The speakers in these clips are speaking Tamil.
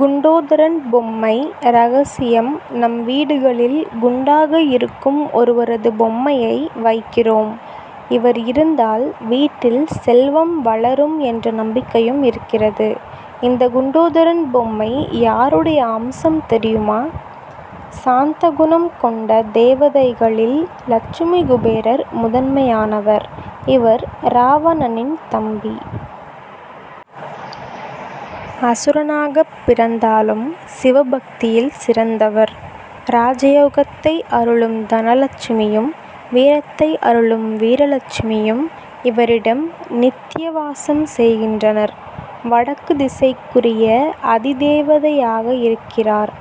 குண்டோதரன் பொம்மை ரகசியம் நம் வீடுகளில் குண்டாக இருக்கும் ஒருவரது பொம்மையை வைக்கிறோம். இவர் இருந்தால் வீட்டில் செல்வம் வளரும் என்ற நம்பிக்கையும் இருக்கிறது. இந்த குண்டோதரன் பொம்மை யாருடைய அம்சம் தெரியுமா? சாந்தகுணம் கொண்ட தேவதைகளில் லட்சுமி குபேரர் முதன்மையானவர். இவர் ராவணனின் தம்பி. அசுரனாகப் பிறந்தாலும் சிவபக்தியில் சிறந்தவர். ராஜயோகத்தை அருளும் தனலட்சுமியும் வீரத்தை அருளும் வீரலட்சுமியும் இவரிடம் நித்யவாசம் செய்கின்றனர். வடக்கு திசைக்குரிய அதிதேவதையாக இருக்கிறார்.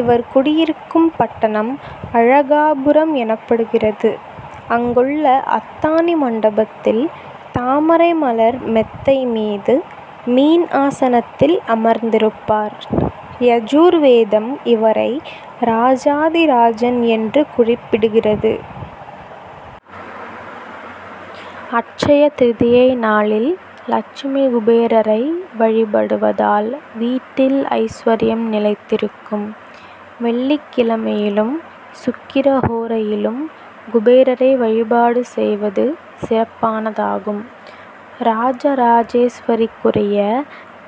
இவர் குடியிருக்கும் பட்டணம் அழகாபுரம் எனப்படுகிறது. அங்குள்ள அத்தாணி மண்டபத்தில் தாமரைமலர் மெத்தை மீது மீன் ஆசனத்தில் அமர்ந்திருப்பார். யஜுர்வேதம் இவரை ராஜாதிராஜன் என்று குறிப்பிடுகிறது. அட்சயதிரிதியை நாளில் லட்சுமி குபேரரை வழிபடுவதால் வீட்டில் ஐஸ்வர்யம் நிலைத்திருக்கும். வெள்ளிக்கிழமையிலும் சுக்கிரஹோரையிலும் குபேரரை வழிபாடு செய்வது சிறப்பானதாகும். ராஜராஜேஸ்வரிக்குரிய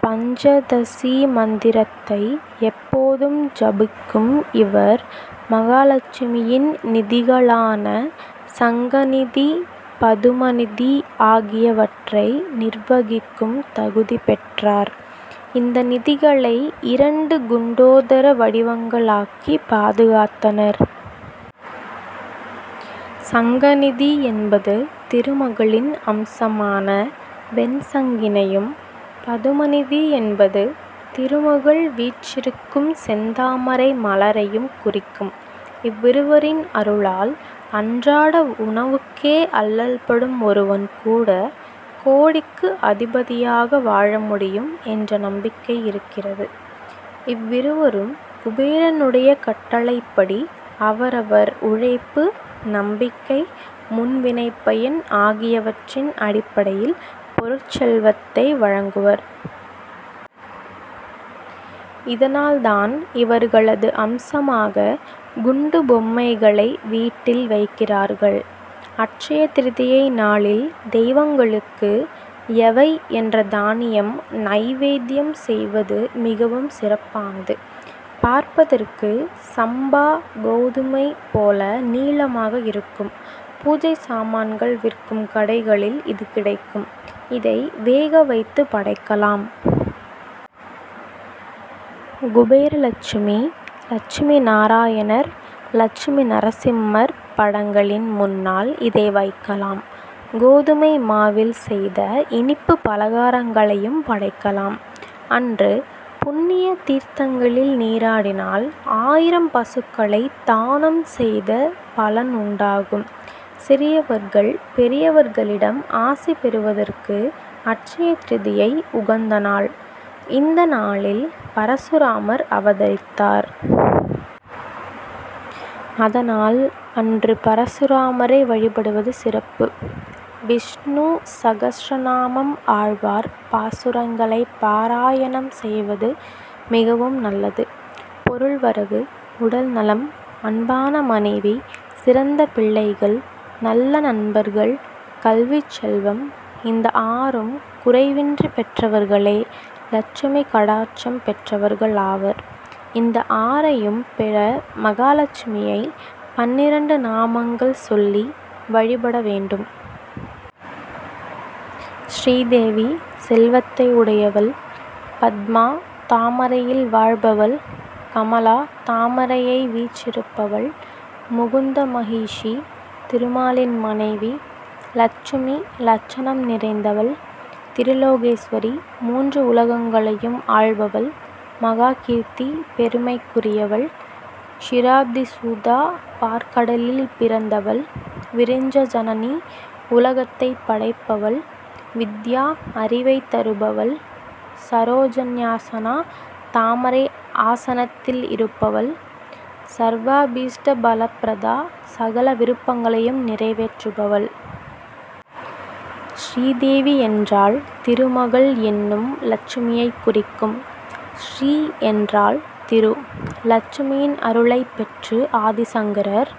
பஞ்சதசீ மந்திரத்தை எப்போதும் ஜபிக்கும் இவர் மகாலட்சுமியின் நிதிகளான சங்கநிதி பதுமநிதி ஆகியவற்றை நிர்வகிக்கும் தகுதி பெற்றார். இந்த நிதிகளை இரண்டு குண்டோதர வடிவங்களாக்கி பாதுகாத்தார். சங்கநிதி என்பது திருமகளின் அம்சமான வெண்சங்கினையும் பதுமநிதி என்பது திருமகள் வீற்றிருக்கும் செந்தாமரை மலரையும் குறிக்கும். இவ்விருவரின் அருளால் அன்றாட உணவுக்கே அல்லல்படும் ஒருவன் கூட கோடிக்கு அதிபதியாக வாழ முடியும் என்ற நம்பிக்கை இருக்கிறது. இவ்விருவரும் குபேரனுடைய கட்டளைப்படி அவரவர் உழைப்பு நம்பிக்கை முன்வினைப்பயன் ஆகியவற்றின் அடிப்படையில் பொருட் செல்வத்தை வழங்குவர். இதனால் தான் இவர்களது அம்சமாக குண்டு பொம்மைகளை வீட்டில் வைக்கிறார்கள். அட்சயதிரிதியை நாளில் தெய்வங்களுக்கு யவை என்ற தானியம் நைவேத்யம் செய்வது மிகவும் சிறப்பானது. பார்ப்பதற்கு சம்பா கோதுமை போல நீளமாக இருக்கும். பூஜை சாமான்கள் விற்கும் கடைகளில் இது கிடைக்கும். இதை வேக வைத்து படைக்கலாம். குபேரலட்சுமி லட்சுமி நாராயணர் லட்சுமி நரசிம்மர் படங்களின் முன்னால் இதை வைக்கலாம். கோதுமை மாவில் செய்த இனிப்பு பலகாரங்களையும் படைக்கலாம். அன்று புண்ணிய தீர்த்தங்களில் நீராடினால் ஆயிரம் பசுக்களைத் தானம் செய்த பலன் உண்டாகும். சிறியவர்கள் பெரியவர்களிடம் ஆசி பெறுவதற்கு அட்சயதிரிதியை உகந்த நாள். இந்த நாளில் பரசுராமர் அவதரித்தார். அதனால் அன்று பரசுராமரை வழிபடுவது சிறப்பு. விஷ்ணு சகஸ்ரநாமம் ஆழ்வார் பாசுரங்களைப் பாராயணம் செய்வது மிகவும் நல்லது. பொருள்வரவு உடல்நலம் அன்பான மனைவி சிறந்த பிள்ளைகள் நல்ல நண்பர்கள் கல்விச்செல்வம் இந்த ஆறும் குறைவின்றி பெற்றவர்களே லட்சுமி கடாட்சம் பெற்றவர்கள் ஆவர். இந்த ஆறையும் பெற மகாலட்சுமியை பன்னிரண்டு நாமங்கள் சொல்லி வழிபட வேண்டும். ஸ்ரீதேவி செல்வத்தை உடையவள் பத்மா தாமரையில் வாழ்பவள் கமலா தாமரையை வீற்றிருப்பவள் முகுந்த மஹிஷீ திருமாலின் மனைவி லட்சுமி லட்சணம் நிறைந்தவள் திரிலோகேஸ்வரி மூன்று உலகங்களையும் ஆள்பவள் மகாகீர்த்தி பெருமைக்குரியவள் க்ஷிராப்திஸுதா பாற்கடலில் பிறந்தவள் விரிஞ்சஜனனி உலகத்தைப் படைப்பவள் வித்யா அறிவைத் தருபவள் ஸரோஜன்யாசனா தாமரை ஆசனத்தில் இருப்பவள் ஸர்வாபீஷ்டபலப்ரதா சகல விருப்பங்களையும் நிறைவேற்றுபவள். ஸ்ரீதேவி என்றால் திருமகள் என்னும் லட்சுமியைக் குறிக்கும். ஸ்ரீ என்றால் திரு. லட்சுமியின் அருளைப் பெற்று ஆதிசங்கரர்